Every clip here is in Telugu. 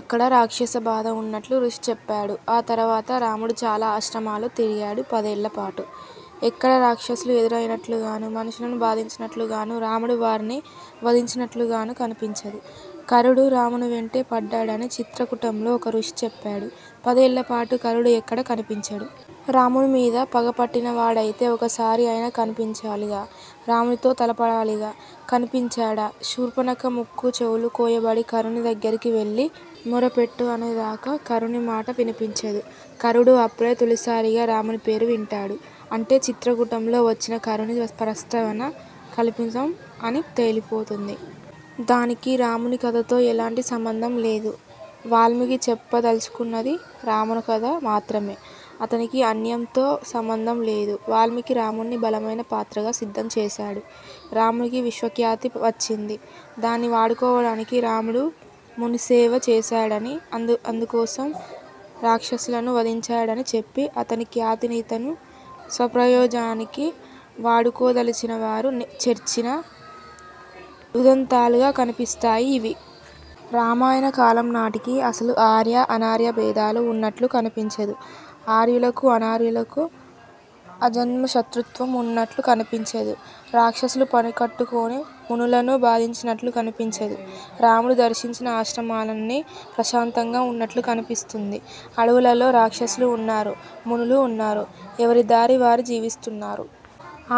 అక్కడ రాక్షస బాధ ఉన్నట్లు ఋషి చెప్పాడు. ఆ తరవాత రాముడు చాల ఆశ్రమాలు తిరిగాడు పదేళ్లపాటు. ఎక్కడా రాక్షసులు ఎదురయినట్లుగాని, మునులను బాధించినట్లుగాని, రాముడు వారిని వధించినట్లుగాని కనిపించదు. ఖరుడు రామునివెంట పడ్డాడని చిత్రకూటంలో ఒక ఋషి చెప్పాడు. పదేళ్లపాటు ఖరుడు ఎక్కడా కనిపించడు. రామునిమీద పగ పట్టినవాడయితే ఒక్కసారి అయినా కనిపించాలిగా. రామునితో తలపడాలిగా. కనిపించడా! శూర్ఫణఖ ముక్కూ, చెవులూ కోయబడి ఖరుని దగ్గరకు వెళ్లి మొరపెట్టుకనేదాకా ఖరునిమాట వినిపించదు. ఖరుడు అప్పుడే తొలిసారిగా రాముని పేరు వింటాడు. అంటే చిత్రకూటంలో వచ్చిన ఖరుని ప్రస్తావన కల్పితం అని తేలిపోతుంది. దానికి రాముని కథతో ఎలాంటి సంబంధమూలేదు. వాల్మీకి చెప్పదలచుకున్నది రామకథను మాత్రమే. అతనికి అన్యంతో సంబంధంలేదు. వాల్మీకి రాముణ్ని బలమైన పాత్రగా సిద్ధం చేసాడు. రామునికి విశ్వఖ్యాతి వచ్చింది. దాన్ని వాడుకోవడానికి రాముడు మునిసేవ చేశాడనీ, అందుకోసం రాక్షసులను వధించాడనీ చెప్పి, అతని ఖ్యాతినితను స్వప్రయోజనానికి వాడుకోదలచినవారు చేర్చిన ఉదంతాలుగా కనిపిస్తాయి ఇవి. రామాయణ కాలం నాటికి అసలు ఆర్య, అనార్య భేదాలు ఉన్నట్లు కనిపించదు. ఆర్యులకు అనార్యులతో ఆజన్మ శత్రుత్వం ఉన్నట్లూ కనిపించదు. రాక్షసులు పనికట్టుకొని మునులను బాధించినట్లూ కనిపించదు. రాముడు దర్శించిన ఆశ్రమాలన్నీ ప్రశాంతంగా ఉన్నట్లు కనిపిస్తుంది. అడవులలో రాక్షసులూ ఉన్నారు, మునులు ఉన్నారు. ఎవరిదారి వారు జీవిస్తున్నారు.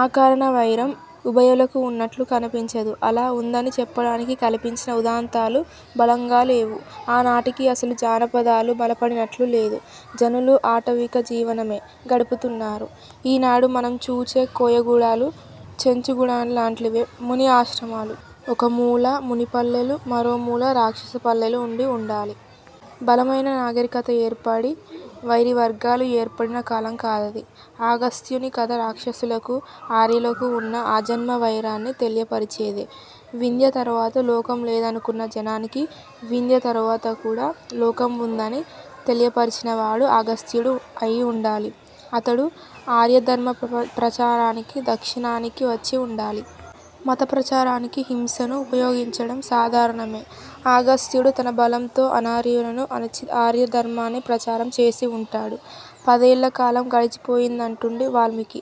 అకారణ వైరం ఉభయులకు ఉన్నట్లు కనిపించదు. అలా ఉందని చెప్పడానికి కల్పించిన ఉదంతాలూ బలంగాలేవు. ఆ నాటికి అసలు జానపదాలు బలపడినట్లు లేదు. జనులు ఆటవిక జీవనమే గడుపుతున్నారు. ఈనాడు మనం చూచే కోయగూడాలూ, చెంచుగూడాల్లాంటివే ముని ఆశ్రమాలు. ఒక మూల మునిపల్లెలూ, మరో మూల రాక్షస పల్లెలూ ఉండి ఉండాలి. బలమైన నాగరికత ఏర్పడి వైరివర్గాలూ ఏర్పడిన కాలం కాదది. అగస్త్యుని కథా రాక్షసులకూ, ఆర్యులకూ ఉన్న ఆజన్మవైరాన్ని తెలియపరిచేదే. వింధ్య తరువాత లోకం లేదనుకున్న జనానికి వింధ్య తరువాత కూడా లోకం ఉందని తెలియపరచినవాడు అగస్త్యుడు అయిఉండాలి. అతడు ఆర్యధర్మ ప్రచారానికి దక్షిణానికి వచ్చి ఉండాలి. మత ప్రచారానికి హింసను ఉపయోగించడం సాధారణమే. అగస్త్యుడూ తన బలంతో అనార్యులను అణచి ఆర్య ధర్మాన్ని ప్రచారం చేసిఉంటాడు. పదేళ్లకాలం గడిచిపోయిందంటున్నాడు వాల్మీకి.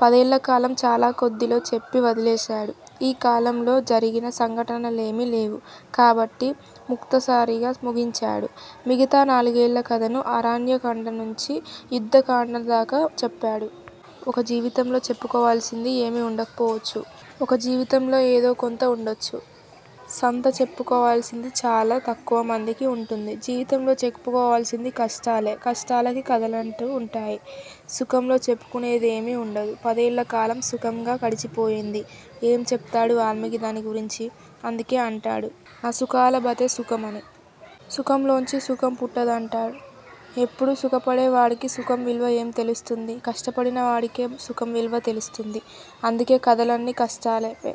పదేళ్లకాలం చాల కొద్దిలో చెప్పి వదిలేశాడు. ఈ కాలంలో జరిగిన సంఘటనలేమి లేవు. కాబట్టి ముక్తసరిగా ముగించాడు. మిగతా నాలుగేళ్ల కథను అరణ్యకాండనుంచి యుద్ధకాండదాకా చెప్పాడు. ఒక్కోజీవితంలో చెప్పుకోవాల్సింది ఏమీ ఉండకపోవచ్చు. ఒక్కో జీవితంలో ఏదో కొంత ఉండవచ్చు. సాంతం చెప్పుకోవలసింది చాల తక్కువ మందికి ఉంటుంది. జీవితంలో చెప్పుకోవలిసింది కష్టాలే. కష్టాలకే కథలుంటాయి. సుఖంలో చెప్పుకునేదేమీ ఉండదు. పదేళ్లకాలం సుఖంగా గడిచిపోయింది. ఏం చెప్తాడు వాల్మీకి దాన్ని గురించి? అందుకే అంటాడు నసుఖాలభతే సుఖం అని. సుఖంలోంచి సుఖం పుట్టదంటాడు. ఎప్పుడూ సుఖపడే వాడికి సుఖం విలువ ఏం తెలుస్తుంది? కష్టపడిన వాడికే సుఖం విలువ తెలుస్తుంది. అందుకే కథలన్నీ కష్టాలవే!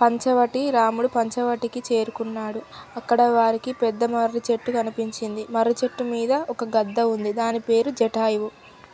పంచవటి: రాముడు పంచవటికి చేరుకున్నాడు. అక్కడ వారికి పెద్దమర్రి చెట్టు కనిపించింది. మర్రిచెట్టుమీద ఒక గద్ద ఉంది. దానిపేరు జటాయువు.